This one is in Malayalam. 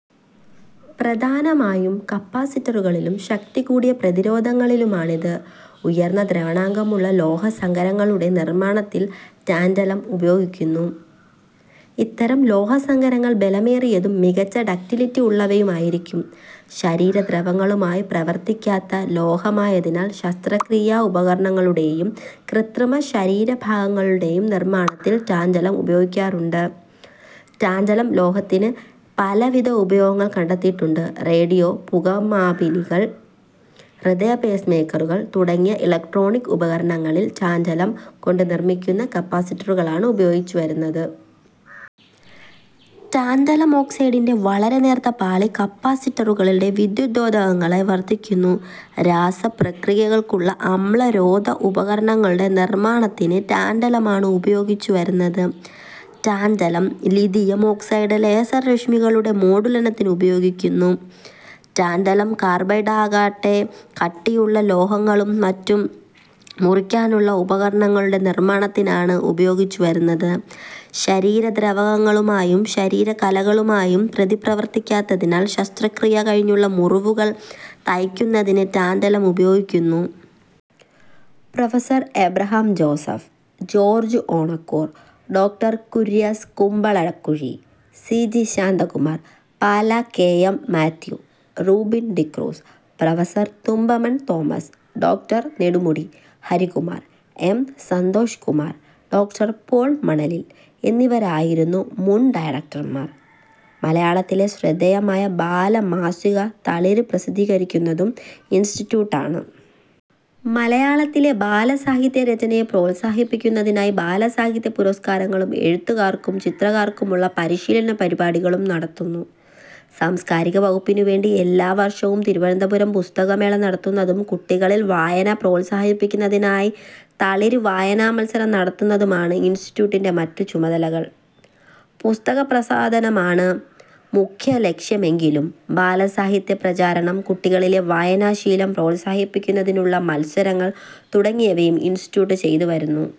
പ്രധാനമായും കപ്പാസിറ്ററുകളിലും ശക്തികൂടിയ പ്രതിരോധകങ്ങളിലുമാണിത്. ഉയർന്ന ദ്രവണാങ്കമുള്ള ലോഹസങ്കരങ്ങളുടെ നിർമ്മാണത്തിൽ ടാന്റലം ഉപയോഗിക്കുന്നു. ഇത്തരം ലോഹസങ്കരങ്ങൾ ബലമേറിയതും മികച്ച ഡക്ടിലിറ്റി ഉള്ളവയുമായിരിക്കും. ശരീരദ്രവങ്ങളുമായി പ്രവർത്തിക്കാത്ത ലോഹമായതിനാൽ ശസ്ത്രക്രീയാ ഉപകരണങ്ങളുടേയും കൃത്രിമ ശരീര ഭാഗങ്ങളുടേയും നിർമ്മാണത്തിൽ ടാന്റലം ഉപയോഗികാറുണ്ട്. ടാന്റലം ലോഹത്തിന് പലവിധ ഉപയോഗങ്ങൾ കണ്ടെത്തിയിട്ടുണ്ട്. റേഡിയോ, പുകമാപിനികൾ, ഹൃദയപേസ്മേക്കറുകൾ തുടങ്ങിയ ഇലക്ട്രോണിക് ഉപകരണങ്ങളിൽ ടാൻടലം കൊണ്ട് നിർമ്മിക്കുന്ന കപ്പാസിറ്ററുകളാണ് ഉപയോഗിച്ചു വരുന്നത്. ടാന്റലം ഓക്സൈഡിന്റെ വളരെ നേർത്ത പാളി കപ്പാസിറ്ററുകളിൽ വിദ്യുത്രോധകങ്ങളായി വർത്തിക്കുന്നു. രാസപ്രക്രിയകൾക്കുള്ള അമ്ലരോധ ഉപകരണങ്ങളുടെ നിർമ്മാണത്തിന് ടാന്റലം ആണ് ഉപയോഗിച്ചു വരുന്നത്. ടാന്റലം-ലിഥിയം ഓക്സൈഡ് ലേസർ രശ്മികളുടെ മോഡുലനത്തിന് ഉപയോഗിക്കുന്നു. ടാന്റലം കാർബൈഡാകട്ടെ കട്ടിയുള്ള ലോഹങ്ങളും മറ്റും മുറിക്കാനുള്ള ഉപകരണങ്ങളുടെ നിർമ്മാണത്തിനാണ് ഉപയോഗിച്ചുവരുന്നത്. ശരീരദ്രാവകങ്ങളുമായും ശരീര കലകളുമായും പ്രതിപ്രവർത്തിക്കാത്തതിനാൽ ശസ്ത്രക്രിയ കഴിഞ്ഞുള്ള മുറിവുകൾ തയ്ക്കുന്നതിന് ടാന്റലം ഉപയോഗിക്കുന്നു. Prof. Abraham Joseph, George Onakkoor, ഡോ. Kurias Kumbalakuzhi, C. G. Shantakumar, Pala K. M. Mathew, Rubin D'Cruz, prof. Thumpamon Thomas, ഡോ. നെടുമുടി ഹരികുമാർ, എം സന്തോഷ് കുമാർ, ഡോ. പോൾ മണലിൽ എന്നിവരായിരുന്നു മുൻ ഡയറക്ടർമാർ. മലയാളത്തിലെ ശ്രദ്ധേയമായ ബാലമാസിക തളിര് പ്രസിദ്ധീകരിക്കുന്നതും ഇൻസ്റ്റിറ്റ്യൂട്ട് ആണ്. മലയാളത്തിലെ ബാലസാഹിത്യ രചനയെ പ്രോത്സാഹിപ്പിക്കുന്നതിനായി ബാലസാഹിത്യ പുരസ്കാരങ്ങളും എഴുത്തുകാർക്കും ചിത്രകാർക്കുമുള്ള പരിശീലന പരിപാടികളും നടത്തുന്നു. സാംസ്കാരിക വകുപ്പിനുവേണ്ടി എല്ലാവർഷവും തിരുവനന്തപുരം പുസ്തകമേള നടത്തുന്നതും കുട്ടികളിൽ വായന പ്രോത്സാഹിപ്പിക്കുന്നതിനായി തളിര് വായനാമത്സരം നടത്തുന്നതുമാണു് ഇൻസ്റ്റിറ്റ്യൂട്ടിന്റെ മറ്റു ചുമതലകൾ. പുസ്തകപ്രസാധനമാണ് മുഖ്യലക്ഷ്യമെങ്കിലും ബാലസാഹിത്യ പ്രചാരണം, കുട്ടികളിലെ വായനാശീലം പ്രോത്സാഹിപ്പിക്കുന്നതിനുള്ള മത്സരങ്ങൾ തുടങ്ങിയവയും ഇൻസ്റ്റിറ്റ്യൂട്ട് ചെയ്ത് വരുന്നു.